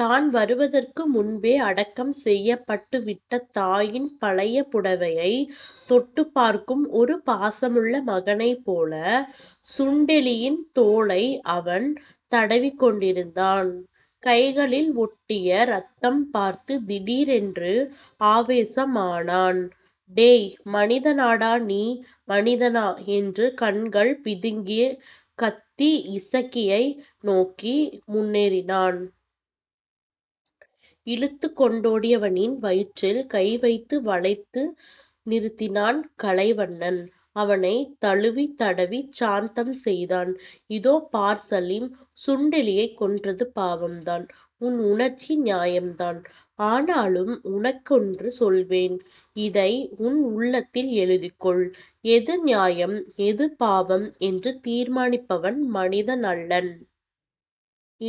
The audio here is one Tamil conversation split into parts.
தான் வருவதற்கு முன்பே அடக்கம் செய்யப்பட்டுவிட்ட தாயின் பழைய புடவையைத் தொட்டுப் பார்க்கும் ஒரு பாசமுள்ள மகனைப் போல சுண்டெலியின் தோலை அவன் தடவிக்கொண்டிருந்தான். கைகளில் ஒட்டிய ரத்தம்பார்த்துத் திடீரென்று ஆவேசமானான். டேய், மனிதனாடா. நீ மனிதனா? என்று கண்கள் பிதுங்கக் கத்தி, இசக்கியை நோக்கி முன்னேறினான். இழுத்துக் கொண்டோ டியவனின் வயிற்றில் கைவைத்து வளைத்து நிறுத்தினான் கலைவண்ணன். அவனைத் தழுவித் தடவிச் சாந்தம் செய்தான். இதோ பார் சலீம். சுண்டெலியைக் கொன்றது பாவம்தான். உன் உணர்ச்சி நியாயம்தான். ஆனாலும் உனக்கொன்று சொல்வேன். இதை உன் உள்ளத்தில் எழுதிக்கொள். எது நியாயம், எது பாவம், என்று தீர்மானிப்பவன் மனிதனல்லன்.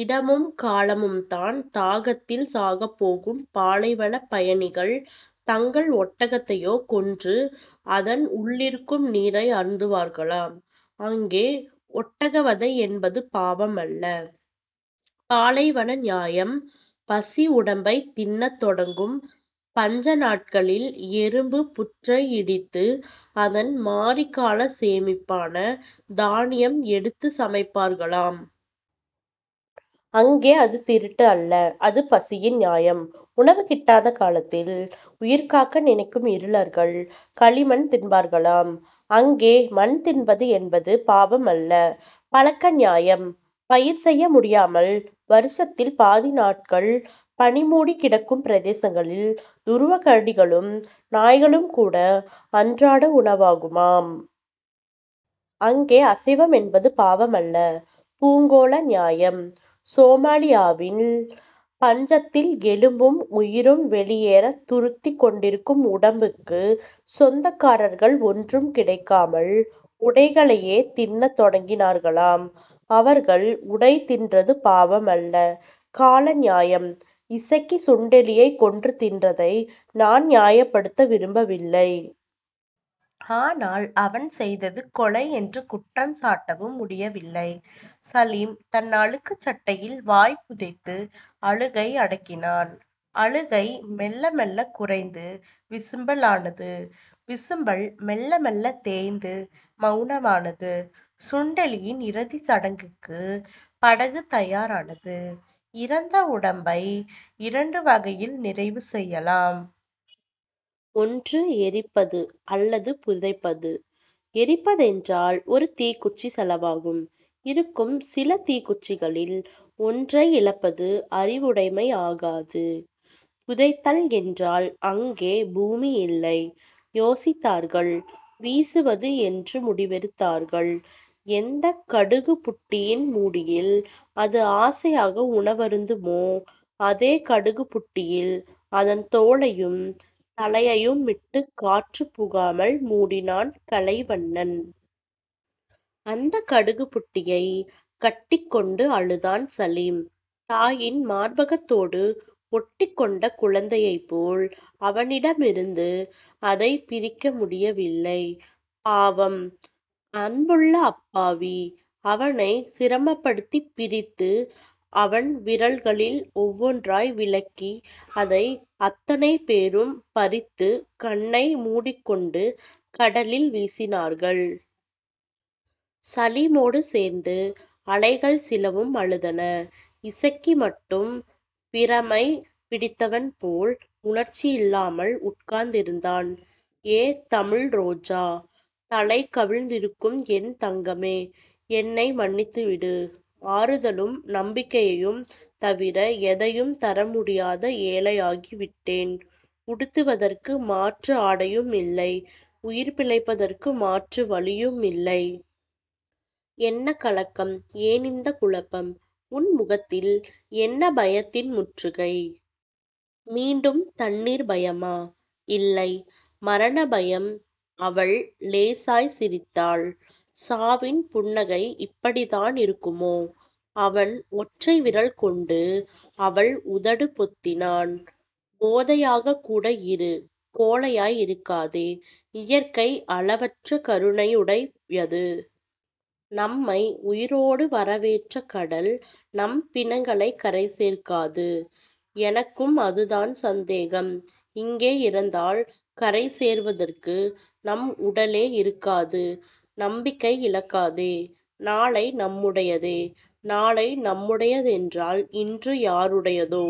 இடமும் காலமும்தான். தாகத்தில் சாகப் போகும் பாலைவனப் பயணிகள், தங்கள் ஒட்டகத்தையே கொன்று அதன் உள்ளிருக்கும் நீரை அருந்துவார்களாம். அங்கே ஒட்டகவதை என்பது பாவமல்ல. பாலைவன நியாயம். பசி உடம்பைத் தின்னத் தொடங்கும் பஞ்சநாட்களில் எறும்புப் புற்றை இடித்து, அதன் மாரிக்காலச் சேமிப்பான தானியம் எடுத்துச் சமைப்பார்களாம். அங்கே அது திருட்டு அல்ல. அது பசியின் நியாயம். உணவு கிட்டாத காலத்தில் உயிர்காக்க நினைக்கும் இருளர்கள், களிமண் தின்பார்களாம். அங்கே மண் தின்பது என்பது பாவமல்ல. பழக்க நியாயம். பயிர் செய்ய முடியாமல் வருஷத்தில் பாதி நாட்கள் பனிமுடிக் கிடக்கும் பிரதேசங்களில் துருவக்கரடிகளும் நாய்களும்கூட அன்றாட உணவாகுமாம். அங்கே அசைவம் என்பது பாவமல்ல. பூகோள நியாயம். சோமாலியாவின் பஞ்சத்தில் எலும்பும் உயிரும் வெளியேறத் துருத்திக் கொண்டிருக்கும் உடம்புக்குச் சொந்தக்காரர்கள் ஒன்றும் கிடைக்காமல் உடைகளையே தின்னத் தொடங்கினார்களாம். அவர்கள் உடை தின்றது பாவமல்ல. கால நியாயம். இசக்கி சுண்டெலியைக் கொன்று தின்றதை நான் நியாயப்படுத்த விரும்பவில்லை. ஆனால், அவன் செய்தது கொலை என்று குற்றம்சாட்டவும் முடியவில்லை. சலீம் தன் அழுக்குச் சட்டையில் வாய் புதைத்து அழுகை அடக்கினான். அழுகை மெல்ல மெல்லக் குறைந்து விசும்பலானது. விசும்பல் மெல்ல மெல்லத் தேய்ந்து மெளனமானது. சுண்டெலியின் இறுதிச் சடங்குக்குப் படகு தயாரானது. இறந்த உடம்பை இரண்டு வகையில் நிறைவு செய்யலாம். ஒன்று எரிப்பது அல்லது புதைப்பது. எரிப்பதென்றால் ஒரு தீக்குச்சி செலவாகும். இருக்கும் சில தீக்குச்சிகளில் ஒன்றை இழப்பது அறிவுடைமை ஆகாது. புதைத்தல் என்றால் அங்கே பூமியில்லை. யோசித்தார்கள். வீசுவது என்று முடிவெடுத்தார்கள். எந்தக் கடுகுப்புட்டியின் முடியில் அது ஆசையாக உணவருந்துமோ அதே கடுகுப்புட்டியில், அதன் தோலையும் தலையையுமிட்டுக் காற்றுப் புகாமல் முடினான் கலைவண்ணன். அந்தக் கடுகுப் புட்டியைக் கட்டிக் கொண்டு அழுதான் சலீம். தாயின் மார்பகத்தோடு ஒட்டிக் கொண்ட குழந்தையைப் போல் அவனிடமிருந்து அதைப் பிரிக்க முடியவில்லை. பாவம். அன்புள்ள அப்பாவி. அவனைச் சிரமப்படுத்திப் பிரித்து, அவன் விரல்களில் ஒவ்வொன்றாய் விலக்கி, அதை அத்தனை பேரும் பறித்துக் கண்ணை முடிக்கொண்டு கடலில் வீசினார்கள். சலீமோடு சேர்ந்து அலைகள் சிலவும் அழுதன. இசக்கி மட்டும் பிரமைப் பிடித்தவன் போல் உணர்ச்சியில்லாமல் உட்கார்ந்திருந்தான். ஏ தமிழ்ரோஜா. தலை கவிழ்ந்திருக்கும் என் தங்கமே. என்னை மன்னித்துவிடு. ஆறுதலும் நம்பிக்கையும் தவிர எதையும் தர முடியாத ஏழையாகிவிட்டேன். உடுத்துவதற்கு மாற்று ஆடையுமில்லை. உயிர் பிழைப்பதற்கு மாற்று வழியுமில்லை. என்ன கலக்கம். ஏனிந்தக் குழப்பம். உன் முகத்தில் என்ன பயத்தின் முற்றுகை. மீண்டும் தண்ணீர் பயமா? இல்லை. மரணபயம் அவள் லேசாய்ச் சிரித்தாள். சாவின் புன்னகை இப்படித்தானிருக்குமோ? அவன் ஒற்றைவிரல் கொண்டு அவள் உதடு பொத்தினான். பேதையாய்க்கூட இரு. கோழையாய் இருக்காதே. இயற்கை அளவற்ற கருணையுடையது. நம்மை உயிரோடு வரவேற்ற கடல் நம் பிணங்களைக் கரை சேர்க்காது. எனக்கும் அதுதான் சந்தேகம். இங்கே இறந்தால் கரை சேர்வதற்கு நம் உடலே இருக்காது நம்பிக்கை இழக்காதே நாளை நம்முடையதே. நாளை நம்முடையதென்றால் இன்று யாருடையதோ?